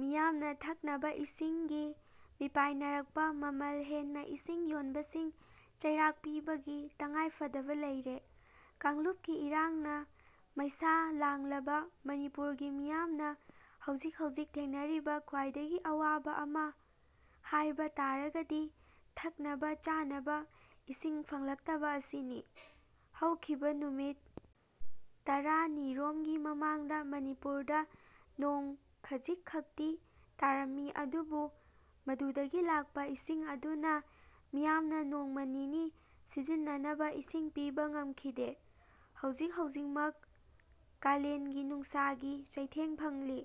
ꯃꯤꯌꯥꯝꯅ ꯊꯛꯅꯕ ꯏꯁꯤꯡꯒꯤ ꯃꯤꯄꯥꯏꯅꯔꯛꯄ ꯃꯃꯜ ꯍꯦꯟꯅ ꯏꯁꯤꯡ ꯌꯣꯟꯕꯁꯤꯡ ꯆꯩꯔꯥꯛ ꯄꯤꯕꯒꯤ ꯇꯉꯥꯏ ꯐꯗꯕ ꯂꯩꯔꯦ꯫ ꯀꯥꯡꯂꯨꯞꯀꯤ ꯏꯔꯥꯡꯅ ꯃꯩꯁꯥ ꯂꯥꯡꯂꯕ ꯃꯅꯤꯄꯨꯔꯒꯤ ꯃꯤꯌꯥꯝꯅ ꯍꯧꯖꯤꯛ ꯍꯧꯖꯤꯛ ꯊꯦꯡꯅꯔꯤꯕ ꯈ꯭ꯋꯥꯏꯗꯒꯤ ꯑꯋꯥꯕ ꯑꯃ ꯍꯥꯏꯕ ꯇꯥꯔꯒꯗꯤ ꯊꯛꯅꯕ-ꯆꯥꯅꯕ ꯏꯁꯤꯡ ꯐꯪꯂꯛꯇꯕ ꯑꯁꯤꯅꯤ꯫ ꯍꯧꯈꯤꯕ ꯅꯨꯃꯤꯠ ꯇꯔꯥ ꯅꯤ ꯔꯣꯝꯒꯤ ꯃꯃꯥꯡꯗ ꯃꯅꯤꯄꯨꯔꯗ ꯅꯣꯡ ꯈꯖꯤꯛ ꯈꯛꯇꯤ ꯇꯥꯔꯝꯃꯤ ꯑꯗꯨꯕꯨ ꯃꯗꯨꯗꯒꯤ ꯂꯥꯛꯄ ꯏꯁꯤꯡ ꯑꯗꯨꯅ ꯃꯤꯌꯥꯝꯅ ꯅꯣꯡꯃ ꯅꯤꯅꯤ ꯁꯤꯖꯤꯟꯅꯅꯕ ꯏꯁꯤꯡ ꯄꯤꯕ ꯉꯝꯈꯤꯗꯦ꯫ ꯍꯧꯖꯤꯛ ꯍꯧꯖꯤꯛꯃꯛ ꯀꯥꯂꯦꯟꯒꯤ ꯅꯨꯡꯁꯥꯒꯤ ꯆꯩꯊꯦꯡ ꯐꯪꯂꯤ꯫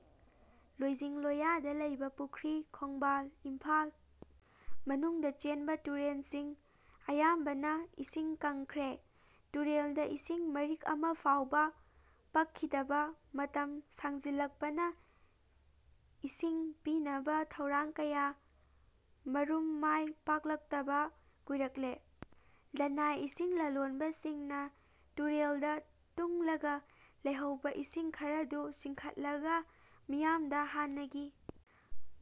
ꯂꯣꯏꯖꯤꯡ ꯂꯣꯏꯌꯥꯗ ꯂꯩꯕ ꯄꯨꯈ꯭ꯔꯤ, ꯈꯣꯡꯕꯥꯜ, ꯏꯝꯐꯥꯜ ꯃꯅꯨꯡꯗ ꯆꯦꯟꯕ ꯇꯨꯔꯦꯜꯁꯤꯡ ꯑꯌꯥꯝꯕꯅ ꯏꯁꯤꯡ ꯀꯪꯈ꯭ꯔꯦ꯫ ꯇꯨꯔꯦꯜꯗ ꯏꯁꯤꯡ ꯃꯔꯤꯛ ꯑꯃ ꯐꯥꯎꯕ ꯄꯛꯈꯤꯗꯕ ꯃꯇꯝ ꯁꯥꯡꯖꯤꯜꯂꯛꯄꯅ ꯏꯁꯤꯡ ꯄꯤꯅꯕ ꯊꯧꯔꯥꯡ ꯀꯌ ꯥꯃꯔꯨꯝ ꯃꯥꯏ ꯄꯥꯛꯂꯛꯇꯕ ꯀꯨꯏꯔꯛꯂꯦ꯫ ꯂꯟꯅꯥꯏ ꯏꯁꯤꯡ ꯂꯂꯣꯟꯕꯁꯤꯡꯅ ꯇꯨꯔꯦꯜꯗ ꯇꯨꯡꯂꯒ ꯂꯩꯍꯧꯕ ꯏꯁꯤꯡ ꯈꯔꯗꯨ ꯆꯤꯡꯈꯠꯂꯒ ꯃꯤꯌꯥꯝꯗ ꯍꯥꯟꯅꯒꯤ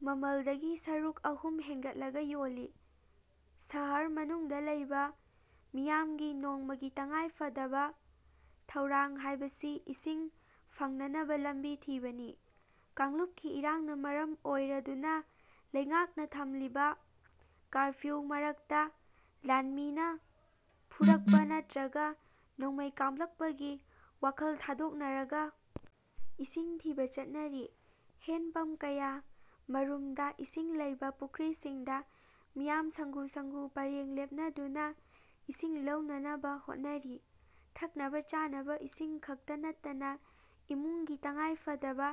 ꯃꯃꯜꯗꯒꯤ ꯁꯔꯨꯛ ꯑꯍꯨꯝ ꯍꯦꯟꯒꯠꯂꯒ ꯌꯣꯜꯂꯤ꯫ ꯁꯍꯔ ꯃꯅꯨꯡꯗ ꯂꯩꯕ ꯃꯤꯌꯥꯝꯒꯤ ꯅꯣꯡꯃꯒꯤ ꯇꯉꯥꯏ ꯐꯗꯕ ꯊꯧꯔꯥꯡ ꯍꯥꯏꯕꯁꯤ ꯏꯁꯤꯡ ꯐꯪꯅꯅꯕ ꯂꯝꯕꯤ ꯊꯤꯕꯅꯤ꯫ ꯀꯥꯡꯂꯨꯞꯀꯤ ꯏꯔꯥꯡꯅ ꯃꯔꯝ ꯑꯣꯏꯔꯗꯨꯅ ꯂꯩꯉꯥꯛꯅ ꯊꯝꯂꯤꯕ ꯀꯥꯔꯐ꯭ꯌꯨ ꯃꯔꯛꯇ ꯂꯥꯟꯃꯤꯅ ꯐꯨꯔꯛꯄ ꯅꯠꯇ꯭ꯔꯒ ꯅꯣꯡꯃꯩ ꯀꯥꯞꯂꯛꯄꯒꯤ ꯋꯥꯈꯜ ꯊꯥꯗꯣꯛꯅꯔꯒ ꯏꯁꯤꯡ ꯊꯤꯕ ꯆꯠꯅꯔꯤ꯫ ꯍꯦꯟꯄꯝꯞ ꯀꯌꯥ ꯃꯔꯨꯝꯗ ꯏꯁꯤꯡ ꯂꯩꯕ ꯄꯨꯈ꯭ꯔꯤꯁꯤꯡꯗ ꯃꯤꯌꯥꯝ ꯁꯪꯒꯨ ꯁꯪꯒꯨ ꯄꯔꯦꯡ ꯂꯦꯞꯅꯗꯨꯅ ꯏꯁꯤꯡ ꯂꯧꯅꯅꯕ ꯍꯣꯠꯅꯔꯤ꯫ ꯊꯛꯅꯕ-ꯆꯥꯅꯕ ꯏꯁꯤꯡ ꯈꯛꯇ ꯅꯠꯇꯅ ꯏꯃꯨꯡꯒꯤ ꯇꯉꯥꯏꯐꯗꯕ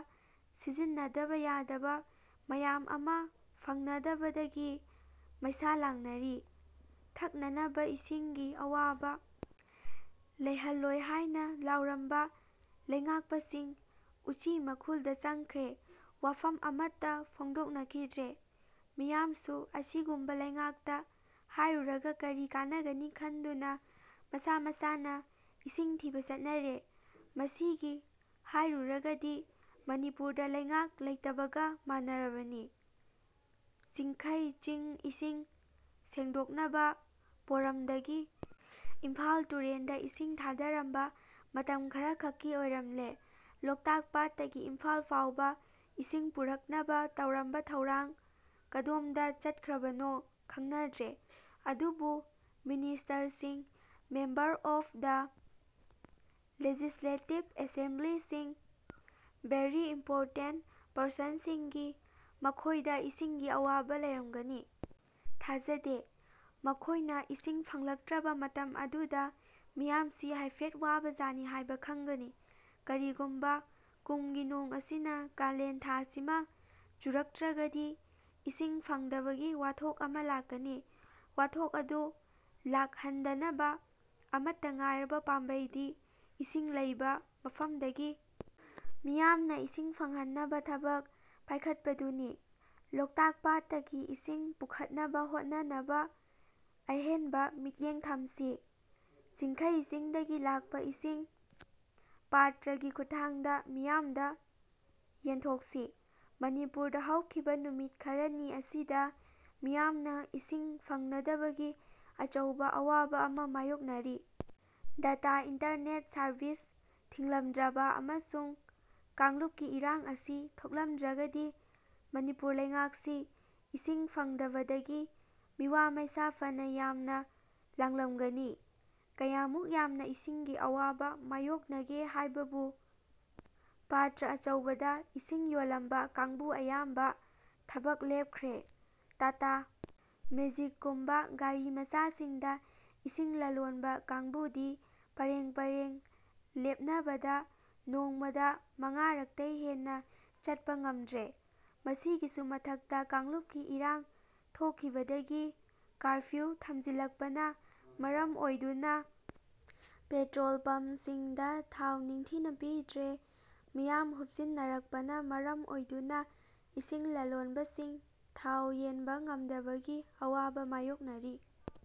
ꯁꯤꯖꯤꯟꯅꯗꯕ ꯌꯥꯗꯕ ꯃꯌꯥꯝ ꯑꯃ ꯐꯪꯅꯗꯕꯗꯒꯤ ꯃꯩꯁꯥ ꯂꯥꯡꯅꯔꯤ꯫ ꯊꯛꯅꯅꯕ ꯏꯁꯤꯡꯒꯤ ꯑꯋꯥꯕ ꯂꯩꯍꯜꯂꯣꯏ ꯍꯥꯏꯅ ꯂꯥꯎꯔꯝꯕ ꯂꯩꯉꯥꯛꯄꯁꯤꯡ ꯎꯆꯤ ꯃꯈꯨꯜꯗ ꯆꯪꯈ꯭ꯔꯦ꯫ ꯋꯥꯐꯝ ꯑꯃꯠꯇ ꯐꯣꯡꯗꯣꯛꯅꯈꯤꯗ꯭ꯔꯦ꯫ ꯃꯤꯌꯥꯝꯁꯨ ꯑꯁꯤꯒꯨꯝꯕ ꯂꯩꯉꯥꯛꯇ ꯍꯥꯏꯔꯨꯔꯒ ꯀꯔꯤ ꯀꯥꯟꯅꯒꯅꯤ ꯈꯟꯗꯨꯅ ꯃꯁꯥ ꯃꯁꯥꯅ ꯏꯁꯤꯡ ꯊꯤꯕ ꯆꯠꯅꯔꯦ꯫ ꯃꯁꯤꯒꯤ ꯍꯥꯏꯔꯨꯔꯒꯗꯤ ꯃꯅꯤꯄꯨꯔꯗ ꯂꯩꯉꯥꯛ ꯂꯩꯇꯕꯒ ꯃꯥꯟꯅꯔꯕꯅꯤ꯫ ꯆꯤꯡꯈꯩ ꯆꯤꯡ ꯏꯁꯤꯡ ꯁꯦꯡꯗꯣꯛꯅꯕ ꯄꯣꯔꯝꯗꯒꯤ ꯏꯝꯐꯥꯜ ꯇꯨꯔꯦꯜꯗ ꯏꯁꯤꯡ ꯊꯥꯗꯔꯝꯕ ꯃꯇꯝ ꯈꯔ ꯈꯛꯀꯤ ꯑꯣꯏꯔꯝꯂꯦ꯫ ꯂꯣꯛꯇꯥꯛ ꯄꯥꯠꯇꯒꯤ ꯏꯝꯐꯥꯜ ꯐꯥꯎꯕ ꯏꯁꯤꯡ ꯄꯨꯔꯛꯅꯕ ꯇꯧꯔꯝꯕ ꯊꯧꯔꯥꯡ ꯀꯗꯣꯝꯗ ꯆꯠꯈ꯭ꯔꯕꯅꯣ ꯈꯪꯅꯗ꯭ꯔꯦ꯫ ꯑꯗꯨꯕꯨ ꯃꯤꯅꯤꯁꯇꯔꯁꯤꯡ, ꯃꯦꯝꯕꯔ ꯑꯣꯐ ꯗ ꯂꯦꯖꯤꯁꯂꯦꯇꯤꯚ ꯑꯦꯁꯦꯝꯕ꯭ꯂꯤꯁꯤꯡ, ꯚꯦꯔꯤ ꯏꯝꯄꯣꯔꯇꯦꯟꯠ ꯄꯔꯁꯟꯁꯤꯡꯗꯤ ꯃꯈꯣꯏꯗ ꯏꯁꯤꯡꯒꯤ ꯑꯋꯥꯕ ꯂꯩꯔꯝꯒꯅꯤ ꯊꯥꯖꯗꯦ꯫ ꯃꯈꯣꯏꯅ ꯏꯁꯤꯡ ꯐꯪꯂꯛꯇ꯭ꯔꯕ ꯃꯇꯝ ꯑꯗꯨꯗ ꯃꯤꯌꯥꯝꯁꯤ ꯍꯥꯏꯐꯦꯠ ꯋꯥꯕꯖꯥꯠꯅꯤ ꯍꯥꯏꯕ ꯈꯪꯒꯅꯤ꯫ ꯀꯔꯤꯒꯨꯝꯕ ꯀꯨꯝꯒꯤ ꯅꯣꯡ ꯑꯁꯤꯅ ꯀꯥꯂꯦꯟ ꯊꯥꯁꯤꯃ ꯆꯨꯔꯛꯇ꯭ꯔꯒꯗꯤ ꯏꯁꯤꯡ ꯐꯪꯗꯕꯒꯤ ꯋꯥꯊꯣꯛ ꯑꯃ ꯂꯥꯛꯀꯅꯤ꯫ ꯋꯥꯊꯣꯛ ꯑꯗꯨ ꯂꯥꯛ ꯍꯟꯗꯅꯕ ꯑꯃꯠꯇ ꯉꯥꯏꯔꯕ ꯄꯥꯝꯕꯩꯗꯤ ꯏꯁꯤꯡ ꯂꯩꯕ ꯃꯐꯝꯗꯒꯤ ꯃꯤꯌꯥꯝꯅ ꯏꯁꯤꯡ ꯐꯪꯍꯟꯅꯕ ꯊꯕꯛ ꯄꯥꯏꯈꯠꯄꯗꯨꯅꯤ꯫ ꯂꯣꯛꯇꯥꯛ ꯄꯥꯠꯇꯒꯤ ꯏꯁꯤꯡ ꯄꯨꯈꯠꯅꯕ ꯍꯣꯠꯅꯅꯕ ꯑꯍꯦꯟꯕ ꯃꯤꯠꯌꯦꯡ ꯊꯝꯁꯤ꯫ ꯆꯤꯡꯈꯩ ꯆꯤꯡꯗꯒꯤ ꯂꯥꯛꯄ ꯏꯁꯤꯡ ꯄꯥꯇ꯭ꯔꯒꯤ ꯈꯨꯠꯊꯥꯡꯗ ꯃꯤꯌꯥꯝꯗ ꯌꯦꯟꯊꯣꯛꯁꯤ꯫ ꯃꯅꯤꯄꯨꯔꯗ ꯍꯧꯈꯤꯕ ꯅꯨꯃꯤꯠ ꯈꯔꯅꯤ ꯑꯁꯤꯗ ꯃꯤꯌꯥꯝꯅ ꯏꯁꯤꯡ ꯐꯪꯅꯗꯕꯒꯤ ꯑꯆꯧꯕ ꯑꯋꯥꯕ ꯑꯃ ꯃꯥꯌꯣꯛꯅꯔꯤ꯫ ꯗꯥꯇꯥ ꯏꯟꯇꯔꯅꯦꯠ ꯁꯥꯔꯚꯤꯁ ꯊꯤꯡꯂꯝꯗ꯭ꯔꯕ ꯑꯃꯁꯨꯡ ꯀꯥꯡꯂꯨꯞꯀꯤ ꯏꯔꯥꯡ ꯑꯁꯤ ꯊꯣꯛꯂꯝꯗ꯭ꯔꯒꯗꯤ ꯃꯅꯤꯄꯨꯔ ꯂꯩꯉꯥꯛꯁꯤ ꯏꯁꯤꯡ ꯐꯪꯗꯕꯗꯒꯤ ꯃꯤꯋꯥ ꯃꯩꯁꯥ ꯐꯅ ꯌꯥꯝꯅ ꯂꯥꯡꯂꯝꯒꯅꯤ꯫ ꯀꯌꯥꯃꯨꯛ ꯌꯥꯝꯅ ꯏꯁꯤꯡꯒꯤ ꯑꯋꯥꯕ ꯃꯥꯌꯣꯛꯅꯒꯦ ꯍꯥꯏꯕꯕꯨ ꯄꯥꯇ꯭ꯔ ꯑꯆꯧꯕꯗ ꯏꯁꯤꯡ ꯌꯣꯜꯂꯝꯕ ꯀꯥꯡꯕꯨ ꯑꯌꯥꯝꯕ ꯊꯕꯛ ꯂꯦꯞꯈ꯭ꯔꯦ꯫ ꯇꯥꯇꯥ ꯃꯦꯖꯤꯛ ꯀꯨꯝꯕ ꯒꯥꯔꯤ ꯃꯆꯥꯁꯤꯡꯗ ꯏꯁꯤꯡ ꯂꯂꯣꯟꯕ ꯀꯥꯡꯕꯨꯗꯤ ꯄꯔꯦꯡ ꯄꯔꯦꯡ ꯂꯦꯞꯅꯕꯗ ꯅꯣꯡꯃꯗ ꯃꯉꯥꯔꯛꯇꯩ ꯍꯦꯟꯅ ꯆꯠꯄ ꯉꯝꯗ꯭ꯔꯦ꯫ ꯃꯁꯤꯒꯤꯁꯨ ꯃꯊꯛꯇ ꯀꯥꯡꯂꯨꯞꯀꯤ ꯏꯔꯥꯡ ꯊꯣꯛꯈꯤꯕꯗꯒꯤ ꯀꯥꯔꯐ꯭ꯌꯨ ꯊꯝꯖꯤꯜꯂꯛꯄꯅ ꯃꯔꯝ ꯑꯣꯏꯗꯨꯅ ꯄꯦꯇ꯭ꯔꯣꯜ ꯄꯝꯞꯁꯤꯡꯗ ꯊꯥꯎ ꯅꯤꯡꯊꯤꯅ ꯄꯤꯗ꯭ꯔꯦ꯫ ꯃꯤꯌꯥꯝ ꯍꯨꯞꯆꯤꯟꯅꯔꯛꯄꯅ ꯃꯔꯝ ꯑꯣꯏꯗꯨꯅ ꯏꯁꯤꯡ ꯂꯂꯣꯟꯕꯁꯤꯡ ꯊꯥꯎ ꯌꯦꯟꯕ ꯉꯝꯗꯕꯒꯤ ꯑꯋꯥꯕ ꯃꯥꯌꯣꯛꯅꯔꯤ꯫